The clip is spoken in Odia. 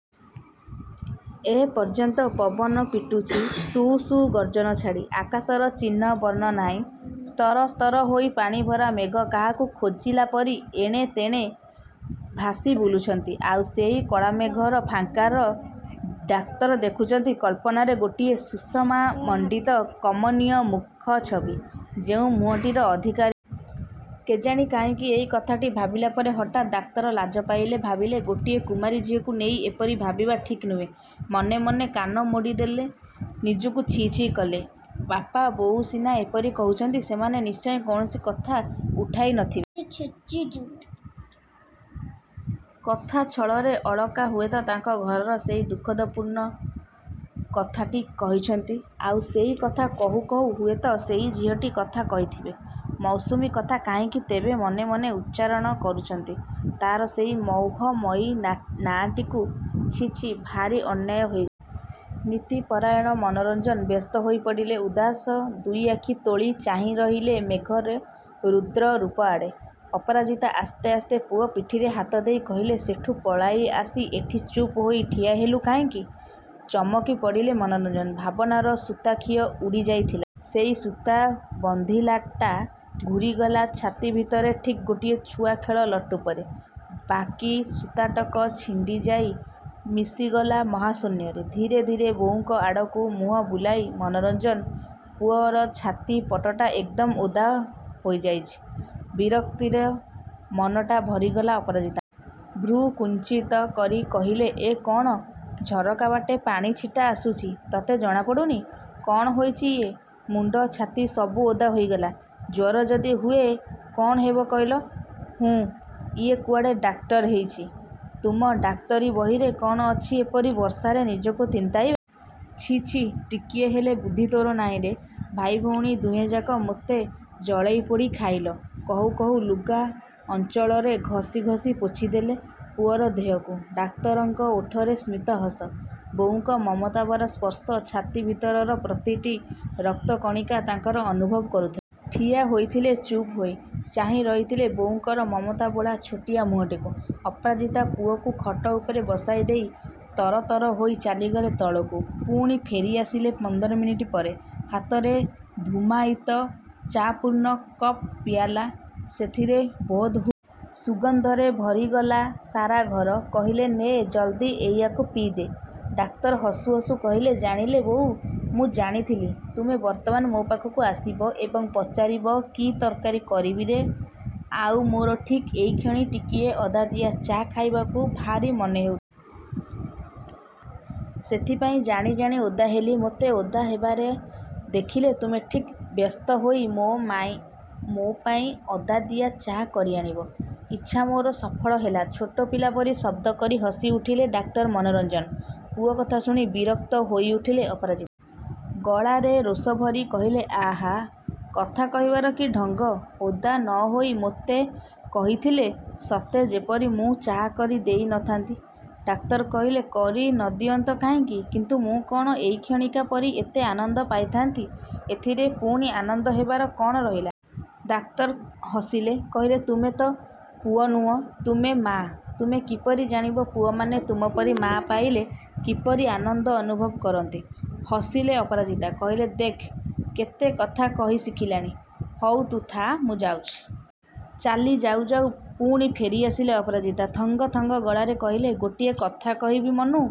ଏପର୍ଯ୍ୟନ୍ତ ପବନ ପିଟୁଛି। ସୁ, ସୁ, ଗର୍ଜନ ଛାଡ଼ି। ଆକାଶର ଚିହ୍ନ ବର୍ଣ୍ଣ ନାହିଁ। ସ୍ତର ସ୍ତର ହୋଇ ପାଣିଭରା ମେଘ କାହାକୁ ଖୋଜିଲାପରି ଏଣେତେଣେ ଭାସି ବୁଲୁଛନ୍ତି। ଆଉ ସେଇ କଳାମେଘର ଫାଙ୍କରେ ଡାକ୍ତର ଦେଖୁଛନ୍ତି କଳ୍ପନାରେ ଗୋଟିଏ ସୁଷମାମଣ୍ଡିତ କମନୀୟ ମୁଖଛବି। ଯେଉଁ ମୁହଁଟିର ଅଧିକାରିଣୀର ନାଆଁ ମୌସୁମୀ। କେଜାଣି କାହିଁକି ଏଇ କଥାଟି ଭାବିଲାପରେ ହଠାତ୍ ଡାକ୍ତର ଲାଜ ପାଇଲେ। ଭାବିଲେ ଗୋଟିଏ କୁମାରୀ ଝିଅକୁ ନେଇ ଏପରି ଭାବିବା ଠିକ୍ ନୁହେଁ। ମନେ ମନେ କାନ ମୋଡ଼ିହେଲେ। ନିଜକୁ ଛି ଛି କଲେ। ବାପା ବୋଉ ସିନା ଏପରି କହୁଛନ୍ତି। ସେମାନେ ନିଶ୍ଚୟ କୌଣସି କଥା ଉଠାଇନଥିବେ। କଥାଛଳରେ ଅଳକା ହୁଏତ ତାଙ୍କ ଘରର ସେଇ ଦୁଃଖପୂର୍ଣ୍ଣ କଥାଟି କହିଛନ୍ତି। ଆଉ ସେଇ କଥା କହୁ କହୁ ହୁଏତ ସେଇ ଝିଅଟି କଥା କହିଥିବେ। ମୌସୁମୀ କଥା କାହିଁକି ତେବେ ମନେ ମନେ ଉଚ୍ଚାରଣ କରୁଛନ୍ତି ତା'ର ସେଇ ମୌହମୟୀ ନାଁଟିକୁ। ଛି ଛି, ଭାରି ଅନ୍ୟାୟ ହୋଇଗଲା। ନୀତିପରାୟଣ ମନୋରଞ୍ଜନ ବ୍ୟସ୍ତ ହୋଇପଡ଼ିଲେ। ଉଦାସ ଦୁଇଆଖି ତୋଳି ଚାହିଁରହିଲେ ମେଘର ରୁଦ୍ର ରୂପଆଡ଼େ। ଅପରାଜିତା ଆସ୍ତେ ଆସ୍ତେ ପୁଅ ପିଠିରେ ହାତଦେଇ କହିଲେ ସେଠୁ ପଳାଇଆସି ଏଠି ଚୁପ୍ ହୋଇ ଠିଆ ହେଲୁ କାହିଁକି? ଚମକିପଡ଼ିଲେ ମନୋରଞ୍ଜନ। ଭାବନାର ସୁତାଖିଅ ଉଡ଼ିଯାଇଥିଲା କାହିଁ କେଉଁ ଅସୀମକୁ। ସେଇ ସୁତା ବନ୍ଧିଲଟା ଘୂରିଗଲା ଛାତିଭିତରେ ଠିକ୍ ଗୋଟିଏ ଛୁଆ ଖେଳ ଲଟୁ ପରି। ବାକି ସୁତାଟକ ଛିଣ୍ଡିଯାଇ ମିଶିଗଲା ମହାଶୂନ୍ୟରେ। ଧୀରେ ଧୀରେ ବୋଉଙ୍କ ଆଡ଼କୁ ମୁହଁ ବୁଲାଇଲେ ମନୋରଞ୍ଜନ। ପୁଅର ଛାତି ପଟଟା ଏକଦମ୍ ଓଦା ହୋଇଯାଇଛି। ବିରକ୍ତିରେ ମନଟା ଭରିଗଲା ଅପରାଜିତାଙ୍କର। ଭ୍ରୂକୁଞ୍ଚିତ କରି କହିଲେ ଏ କ'ଣ? ଝରକାବାଟେ ପାଣି ଛିଟା ଆସୁଛି। ତତେ ଜଣାପଡ଼ୁନି? କ'ଣ ହୋଇଛି ଇଏ? ମୁଣ୍ଡ, ଛାତି ସବୁ ଓଦା ହୋଇଗଲା। ଜ୍ୱର ଯଦି ହୁଏ କ'ଣ ହେବ କହିଲ? ହୁଁ, ଇଏ କୁଆଡ଼େ ଡାକ୍ତର ହୋଇଛି। ତୁମ ଡାକ୍ତରି ବହିରେ କ'ଣ ଅଛି ଏପରି ବର୍ଷାରେ ନିଜକୁ ତିନ୍ତାଇବା। ଛି ଛି, ଟିକିଏ ହେଲେ ବୁଦ୍ଧି ତୋର ନାହିଁରେ? ଭାଇ ଭଉଣୀ ଦୁହେଁଯାକ ମୋତେ ଜଳେଇପୋଡ଼ି ଖାଇଲ। କହୁ କହୁ ଲୁଗା ଅଞ୍ଚଳରେ ଘସି ଘସି ପୋଛିଦେଲେ ପୁଅର ଦେହକୁ। ଡାକ୍ତରଙ୍କ ଓଠରେ ସ୍ମିତ ହସ। ବୋଉଙ୍କ ମମତା ଭରା ସ୍ପର୍ଶ ଛାତି ଭିତରର ପ୍ରତିଟି ରକ୍ତକଣିକା ତାଙ୍କର ଅନୁଭବ କରୁଥିଲା। ଠିଆ ହୋଇଥିଲେ ଚୁପ୍ ହୋଇ। ଚାହିଁ ରହିଥିଲେ ବୋଉଙ୍କର ମମତା ବୋଳା ଛୋଟିଆ ମୁହଁଟିକୁ। ଅପରାଜିତା ପୁଅକୁ ଖଟ ଉପରେ ବସାଇଦେଇ ତରତର ହୋଇ ଚାଲିଗଲେ ତଳକୁ। ପୁଣି ଫେରିଆସିଲେ ପନ୍ଦର ମିନିଟ୍ ପରେ। ହାତରେ ଧୂମାୟିତ ଚା ପୂର୍ଣ୍ଣ କପ୍ ପିଆଲା। ସେଥିରେ ବୋଧହୁଏ ଅଦା ପଡ଼ିଥିଲା। ସୁଗନ୍ଧରେ ଭରିଗଲା ସାରା ଘର। କହିଲେ ନେ ଜଲଦି ଏଇଆକୁ ପିଇଦେ। ଡାକ୍ତର ହସୁ ହସୁ କହିଲେ ଜାଣିଲେ ବୋଉ, ମୁଁ ଜାଣିଥିଲି। ତୁମେ ବର୍ତ୍ତମାନ ମୋ ପାଖକୁ ଆସିବ। ଏବଂ ପଚାରିବ କି ତରକାରୀ କରିବିରେ! ଆଉ ମୋର ଠିକ୍ ଏଇକ୍ଷଣି ଟିକିଏ ଅଦାଦିଆ ଚା ଖାଇବାକୁ ଭାରି ମନହେଉଥିଲା। ସେଥିପାଇଁ ଜାଣି ଜାଣି ଓଦା ହେଲି। ମୋତେ ଓଦା ହେବାର ଦେଖିଲେ ତୁମେ ଠିକ୍ ବ୍ୟସ୍ତହୋଇ ମୋ ପାଇଁ ଅଦାଦିଆ ଚା କରିଆଣିବ। ଇଚ୍ଛା ମୋର ସଫଳ ହେଲା। ଛୋଟ ପିଲା ପରି ଶବ୍ଦ କରି ହସିଉଠିଲେ ଡାକ୍ତର ମନୋରଞ୍ଜନ। ପୁଅ କଥା ଶୁଣି ବିରକ୍ତ ହୋଇଉଠିଲେ ଅପରାଜିତା। ଗଳାରେ ରୋଷଭରି କହିଲେ–ଆହାଃ, କଥା କହିବାର କି ଢଙ୍ଗ! ଓଦା ନହୋଇ ମୋତେ କହିଥିଲେ ସତେଯେପରି ମୁଁ ଚା କରି ଦେଇନଥାନ୍ତି। ଡାକ୍ତର କହିଲେ କରି ନଦିଅନ୍ତ କାହିଁକି? କିନ୍ତୁ ମୁଁ କ'ଣ ଏଇକ୍ଷଣିକା ପରି ଏତେ ଆନନ୍ଦ ପାଇଥାନ୍ତି। ଏଥିରେ ପୁଣି ଆନନ୍ଦ ହେବାର କ'ଣ ରହିଲା? ଡାକ୍ତର ହସିଲେ, କହିଲେ ତୁମେ ତ ପୁଅ ନୁହଁ। ତୁମେ ମାଆ। ତୁମେ କିପରି ଜାଣିବ ପୁଅମାନେ ତୁମ ପରି ମାଆ ପାଇଲେ କିପରି ଆନନ୍ଦ ଅନୁଭବ କରନ୍ତି। ହସିଲେ ଅପରାଜିତା। କହିଲେ ଦେଖ, କେତେ କଥା କହି ଶିଖିଲାଣି। ହଉ ତୁ ଥାଆ, ମୁଁ ଯାଉଛି। ଚାଲି ଯାଉ ଯାଉ ପୁଣି ଫେରିଆସିଲେ ଅପରାଜିତା। ଥଙ୍ଗ ଥଙ୍ଗ ଗଳାରେ କହିଲେ, ଗୋଟିଏ କଥା କହିବି ମନୁ?